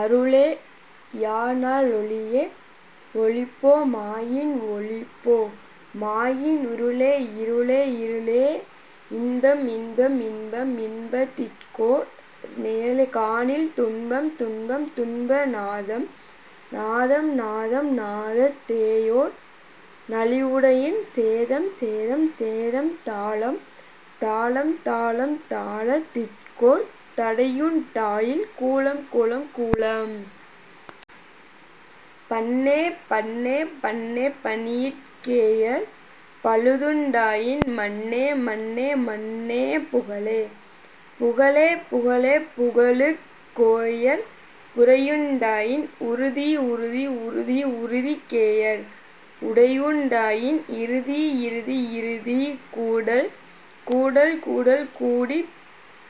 அருளே யாநல் லொளியே; ஒளிபோ மாயின், ஒளிபோ மாயின், இருளே, இருளே, இருளே.... இன்பம், இன்பம், இன்பம்; இன்பத் திற்கோ ரெல்லை காணில், துன்பம், துன்பம், துன்பம்.... நாதம், நாதம், நாதம்; நாதத் தேயோர் நலிவுண் டாயின், சேதம், சேதம், சேதம்.... தாளம், தாளம், தாளம்; தாளத் திற்கோர் தடையுண் டாயின், கூளம், கூளம், கூளம்.... பண்ணே, பண்ணே, பண்ணே; பண்ணிற் கேயோர் பழுதுண் டாயின். மண்ணே, மண்ணே, மண்ணே.... புகழே, புகழே, புகழே; புகழுக் கேயேர் புரையுண் டாயின், உறுதி, உறுதி, உறுதி; உறுதிக் கேயோர் உடைவுண் டாயின், இறுதி, இறுதி, இறுதி.... கூடல், கூடல், கூடல் கூடிப்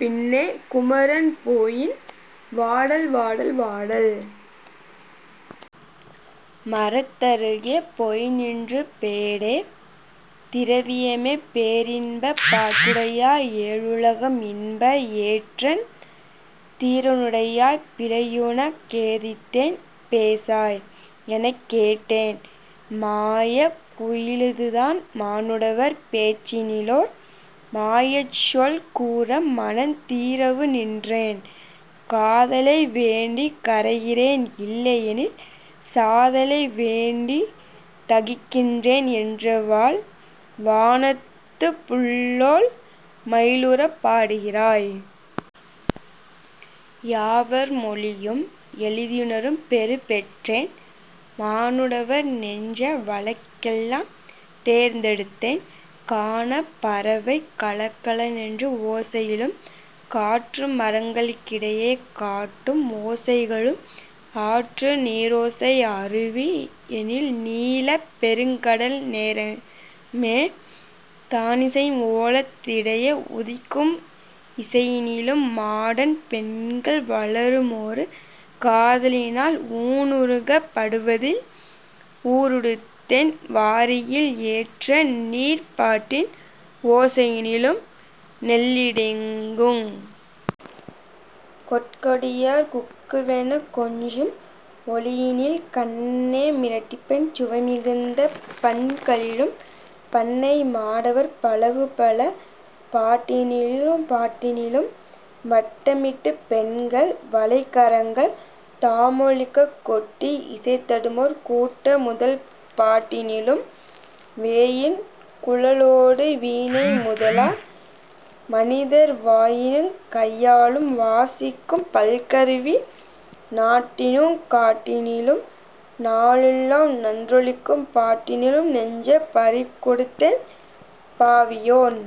பின்னே குமரன் போயின், வாடல், வாடல், வாடல்.... மரத்தருகே போய்நின்று, ''பேடே! திரவியமே! பேரின்பப் பாட்டுடையாய்! ஏழுலகம் இன்பந்தீ ஏற்றுந் திறனுடையாய்! பீழையுனக் கெய்தியதென்? பேசாய்! '' எனக் கேட்டேன்.... மாயக் குயிலதுதான் மானுடவர் பேச்சினிலோர் மாயச்சொல் கூற மனந் தீயுற நின்றேன். ''காதலை வேண்டிக் கரைகிறேன், இல்லை யெனில் சாதலை வேண்டிக் தகிக்கின்றேன்'' என்றதுவால், ''வானத்துப் புள்ளெல்லாம் மையலுறப் பாடுகிறாய்.... யாவர் மொழியும் எளிதுணரும் பேறு பெற்றேன்; மானுடவர் நெஞ்ச வழக்கெல்லாந் தேர்ந்திட்டேன்: கானப் பறவை கலகலெனும் ஓசையிலும், காற்று மரங்களிடைக் காட்டும் இசைகளிலும், ஆற்று நீரோசை அருவி யொலியினிலும்,... நீலப் பெருங்கடலெந் நேரமுமே தானிசைக்கும் ஓலத் திடையே உதிக்கும் இசையினிலும், மாடப் பெண்கள் வளமொரு காதலினால் ஊனுருகப் படுவதில் ஊறிடுந்தேன் வாரியிலும், ஏற்றநீர்ப் பாட்டின் இசையினிலும், நெல்லிடிக்குங்... கோற்றொடியார் குக்குவெனக் கொஞ்சும் ஒலியினிலும் கண்ண மிடிப்பார்தஞ் சுவைமிகுந்த பண்களிலும் பண்ணை மடவார் பழகு பல பாட்டினிலும் வட்டமிட்டுப் பெண்கள் வளைக்கரங்கள் தாமொலிக்கக் கொட்டி யிசைத்திடுமோர் கூட்டமுதப் பாட்டினிலும்,... வேயின் குழலோடு வீணைமுதலா மனிதர் வாயினிலுங் கையாலும் வாசிக்கும் பல்கருவி நாட்டினிலுங் காட்டினிலும் நாளெல்லாம் நன்றொலிக்கும் பாட்டினிலும், நெஞ்சைப் பறிகொடுத்தேன் பாவியேன்.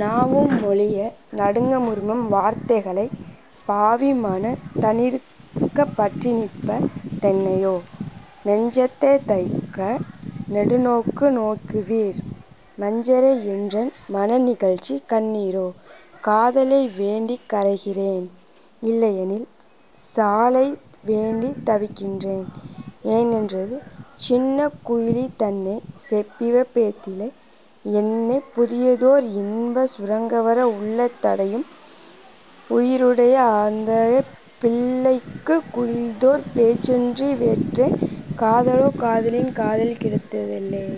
நாவும் மொழிய நடுக்கமுறும் வார்த்தைகளைப்... பாவிமனந் தானிறுகப் பற்றிநிற்ப தென்னையோ? நெஞ்சத்தே தைக்க நெடுநோக்கு நோக்கிடுவீர். மஞ்சரே, என்றன் மனநிகழ்ச்சி கணீரோ? காதலை வேண்டிக் கரைகின்றேன், இல்லையெனில், சாலைத் வேண்டித் தவிக்கின்றேன்'' என்றதுவே.... சின்னக் குயிலிதனைச் செப்பியவப் பேழ்தினிலே, என்னைப் புதியதோர் இன்பச் சுரங்கவர, உள்ளத் திடையும் உயிரிடையும் ஆங்கந்தப் பிள்ளைக் குயிலினதோர் பேச்சன்றி வேறற்றேன்; ''காதலோ காதலினிக் காதல் கிடைத்திலதேல்...